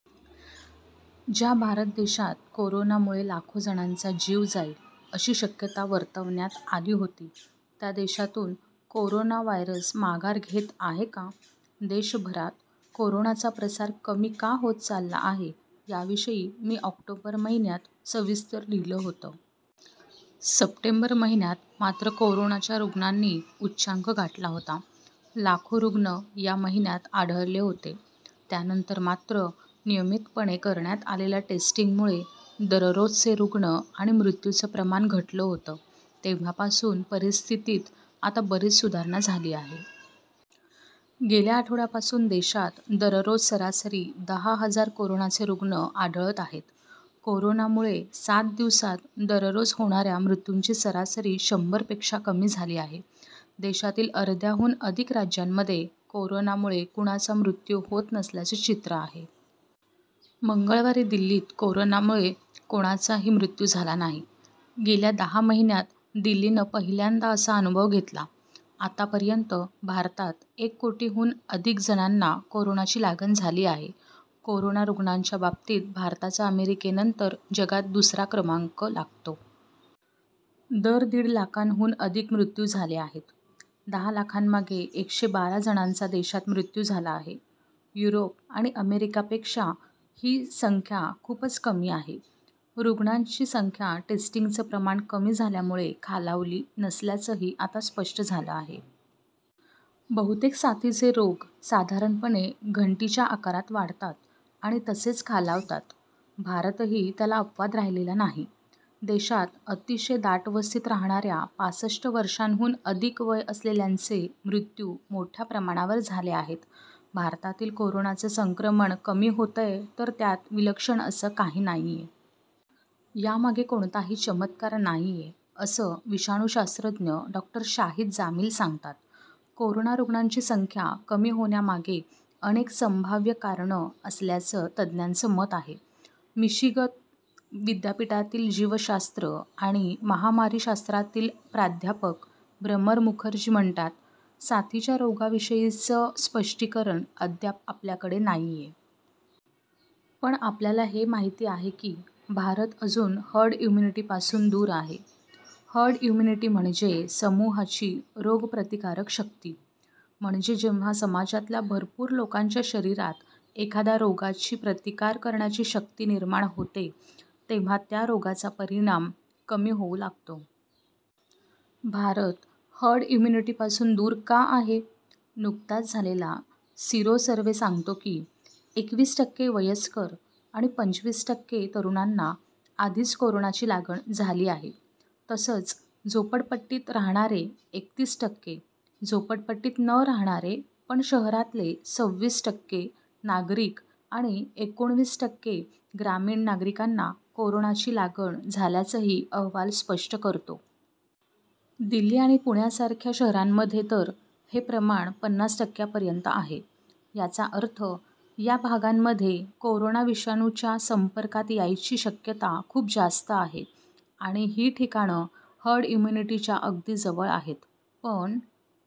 ज्या भारत देशात कोरोनामुळे लाखो जणांचा जीव जाईल, अशी शक्यता वर्तवण्यात आली होती, त्या देशातून कोरोना व्हायरस माघार घेत आहे का? देशभरात कोरोनाचा प्रसार कमी का होत चालला आहे, याविषयी मी ऑक्टोबर महिन्यात सविस्तर लिहिलं होतं. सप्टेंबर महिन्यात मात्र कोरोनाच्या रुग्णांनी उच्चांक गाठला होता. लाखो रुग्ण या महिन्यात आढळले होते. त्यानंतर मात्र नियमितपणे करण्यात आलेल्या टेस्टिंगमुळे दररोजचे रुग्ण आणि मृत्यूंचं प्रमाण घटलं होतं. तेव्हापासून परिस्थितीत आता बरीच सुधारणा झाली आहे. गेल्या आठवड्यापासून देशात दररोज सरासरी दहा हजार कोरोनाचे रुग्ण आढळत आहेत. कोरोनामुळे सात दिवसांत दररोज होणाऱ्या मृत्यूंची सरासरी शंभर पेक्षा कमी झाली आहे. देशातील अर्ध्याहून अधिक राज्यांमध्ये कोरोनामुळे कुणाचा मृत्यू होत नसल्याचं चित्र आहे. मंगळवारी दिल्लीत कोरोनामुळे कुणाचाही मृत्यू झाला नाही. गेल्या दहा महिन्यांत दिल्लीनं पहिल्यांदा असा अनुभव घेतला. आतापर्यंत भारतात एक कोटींहून अधिक जणांना कोरोनाची लागण झाली आहे. कोरोना रुग्णांच्या बाबतीत भारताचा अमेरिकेनंतर जगात दुसरा क्रमांक लागतो. तर दीड लाखांहून अधिक मृत्यू झाले आहेत. दहा लाखांमागे एकशे बारा जणांचा देशात मृत्यू झाला आहे. युरोप आणि अमेरिकापेक्षा ही संख्या खूपच कमी आहे. रुग्णांची संख्या टेस्टिंगचं प्रमाण कमी झाल्यामुळे खालावली नसल्याचंही आता स्पष्ट झालं आहे. बहुतेक साथीचे रोग साधारणपणे घंटीच्या आकारात वाढतात आणि तसेच खालावतात. भारतही त्याला अपवाद राहिलेला नाही. देशात अतिशय दाटवस्तीत राहणाऱ्या पासष्ट वर्षांहून अधिक वय असलेल्यांचे मृत्यू मोठ्या प्रमाणावर झाले आहेत. भारतातील कोरोनाचं संक्रमण कमी होतंय तर त्यात विलक्षण असं काही नाहीये. यामागे कोणताही चमत्कार नाहीये, असं विषाणूशास्त्रज्ञ डॉ. शाहीद जामील सांगतात. कोरोना रुग्णांची संख्या कमी होण्यामागे अनेक संभाव्य कारणं असल्याचं तज्ञांचं मत आहे. मिशिगन विद्यापीठातील जीवशास्त्र आणि महामारीशास्त्रातील प्राध्यापक भ्रमर मुखर्जी म्हणतात साथीच्या रोगाविषयीचं स्पष्टीकरण अद्याप आपल्याकडे नाहीये. पण आपल्याला हे माहिती आहे की भारत अजून हर्ड इम्यूनिटीपासून दूर आहे. हर्ड इम्युनिटी म्हणजे समूहाची रोग प्रतिकारकशक्ती. म्हणजे जेव्हा समाजातल्या भरपूर लोकांच्या शरीरात एखाद्या रोगाची प्रतिकार करण्याची शक्ती निर्माण होते, तेव्हा त्या रोगाचा परिणाम कमी होऊ लागतो. भारत हर्ड इम्यूनिटीपासून दूर का आहे? नुकताच झालेला सिरो सर्व्हे सांगतो की, एकवीस टक्के वयस्कर आणि पंचवीस टक्के तरुणांना आधीच कोरोनाची लागण झाली आहे. तसंच झोपडपट्टीत राहणारे एकत्तीस टक्के, झोपडपट्टीत न राहणारे पण शहरातले संविस टक्के नागरिक आणि एकोणविस टक्के ग्रामीण नागरिकांना कोरोनाची लागण झाल्याचंही अहवाल स्पष्ट करतो. दिल्ली आणि पुण्यासारख्या शहरांमध्ये तर हे प्रमाण पन्नास टक्क्यांपर्यंत आहे. याचा अर्थ या भागांमध्ये कोरोना विषाणूच्या संपर्कात यायची शक्यता खूप जास्त आहे आणि ही ठिकाणं हर्ड इम्यूनिटीच्या अगदी जवळ आहेत. पण